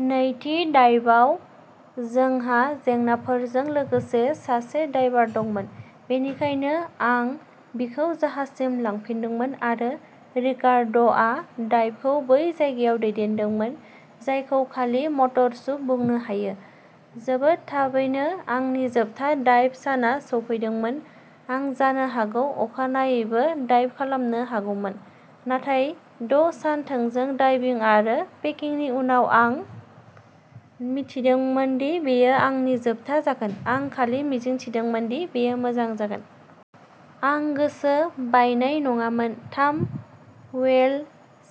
नैथि डाइभआव जोंहा जेंनाफोरजों लोगोसे सासे डायभार दंमोन, बेनिखायनो आं बिखौ जाहाजसिम लांफिनदोंमोन आरो रिकार्ड'आ डाइभखौ बै जायगायाव दैदेनदोंमोन जायखौ खालि मटर सुप बुंनो हायो। जोबोद थाबैनो आंनि जोबथा डाइभ सानआ सौफैदोंमोन। आं जानो हागौ अखानायैबो डाइभ खालामनो हागौमोन, नाथाय द' सान थोंजों डाइभिं आरो पेकिंनि उनाव आं मिथिदोंमोन दि बेयो आंनि जोबथा जागोन, आं खालि मिजिंथिदोंमोन दि बेयो मोजां जागोन। आं गोसो बायनाय नङामोन, थाम व्हेल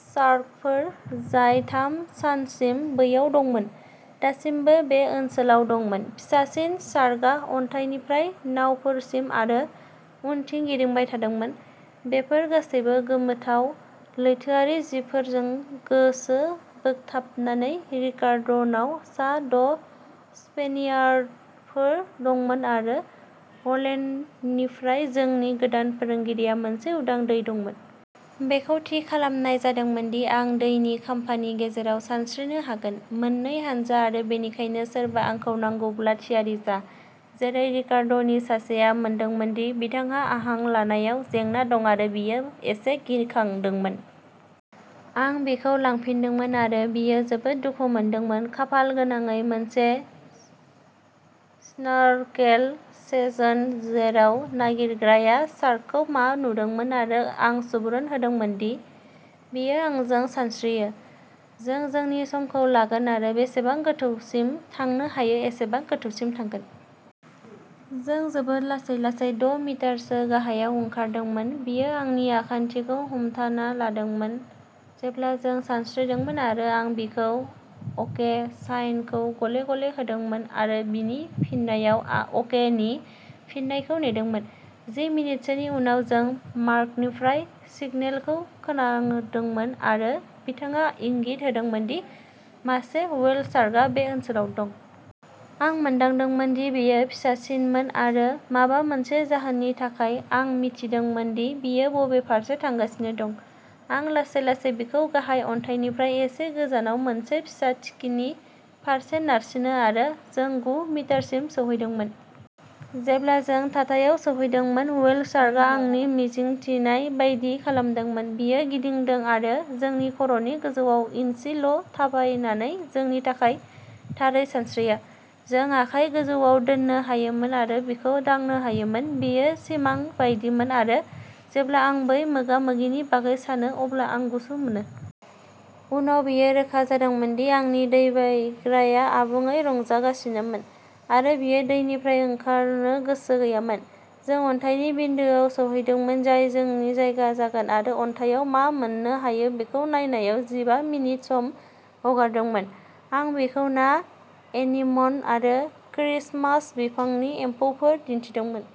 शार्कफोर, जाय थाम सानसिम बैयाव दंमोन, दासिमबो बे ओनसोलाव दंमोन। फिसासिन शार्कआ अन्थाइनिफ्राय नावफोरसिम आरो उनथिं गिदिंबाय थादोंमोन, बेफोर गासैबो गोमोथाव लैथोआरि जिबफोरजों गोसो बोगथाबनानै रिकार्ड'नाव सा द' स्पेनियार्डफोर दंमोन आरो ह'लेन्डनिफ्राय जोंनि गोदान फोरोंगिरिया मोनसे उदां दै दंमोन। बेखौ थि खालामनाय जादोंमोन दि आं दैनि खाम्फानि गेजेराव सानस्रिनो हागोन। मोननै हानजा आरो बेनिखायनो सोरबा आंखौ नांगौब्ला थियारि जा। जेरै रिकार्ड'नि सासेआ मोनदोंमोन दि बिथांहा हां लानायाव जेंना दं आरो बियो एसे गिखांदोंमोन। आं बिखौ लांफिनदोंमोन आरो बियो जोबोद दुखु मोनदोंमोन, खाफाल गोनाङै मोनसे स्नर्केल सेसन जेराव नागिरग्राया शार्कखौ मा नुदोंमोन आरो आं सुबुरुन होदोंमोन दि बियो आंजों सानस्रियो, जों जोंनि समखौ लागोन आरो जेसेबां गोथौसिम थांनो हायो एसेबां गोथौसिम थांगोन। जों जोबोद लासै लासै द' मिटारसो गाहायाव ओंखारदोंमोन, बियो आंनि आखान्थिखौ हमथाना लादोंमोन जेब्ला जों सानस्रिदोंमोन आरो आं बिखौ "अके" साइनखौ गले-गले होदोंमोन आरो बिनि फिननायाव "अके" नि फिननायखौ नेदोंमोन। जि मिनिटसोनि उनाव जों मार्कनिफ्राय सिगनेलखौ खोनादोंमोन आरो बिथाङा इंगित होदोंमोन दि मासे व्हेल शार्कआ बे ओनसोलाव दं। आं मोनदांदोंमोन दि बेयो फिसासिनमोन आरो माबा मोनसे जाहोननि थाखाय आं मिथिदोंमोन दि बियो बबे फारसे थांगासिनो दं। आं लासै-लासै बिखौ गाहाय अन्थाइनिफ्राय एसे गोजानाव मोनसे फिसा थिखिनि फारसे नारसिनो आरो जों गु मिटारसिम सौहैदोंमोन। जेब्ला जों थाथायाव सौहैदोंमोन, व्हेल शार्कआ आंनि मिजिंथिनाय बायदि खालामदोंमोन, बियो गिदिंदों आरो जोंनि खर'नि गोजौआव इनसि ल' थाबायनानै जोंनि थाखाय थारै सानस्रियो। जों आखाइ गोजौआव दोननो हायोमोन आरो बिखौ दांनो हायोमोन। बेयो सिमां बायदिमोन आरो जेब्ला आं बै मोगा-मोगिनि बागै सानो अब्ला आं गुसु मोनो। उनाव बेयो रोखा जादोंमोन दि आंनि दैबायग्राया आबुङै रंजागासिनोमोन आरो बियो दैनिफ्राय ओंखारनो गोसो गैयामोन। जों अन्थाइनि बिन्दोआव सौहैदोंमोन जाय जोंनि जायगा जागोन आरो अन्थाइआव मा मोन्नो हायो बेखौ नायनायाव जिबा मिनिट सम हगारदोंमोन। आं बिखौ ना, एनिमन आरो क्रिस्टमास बिफांनि एम्फौफोर दिन्थिदोंमोन।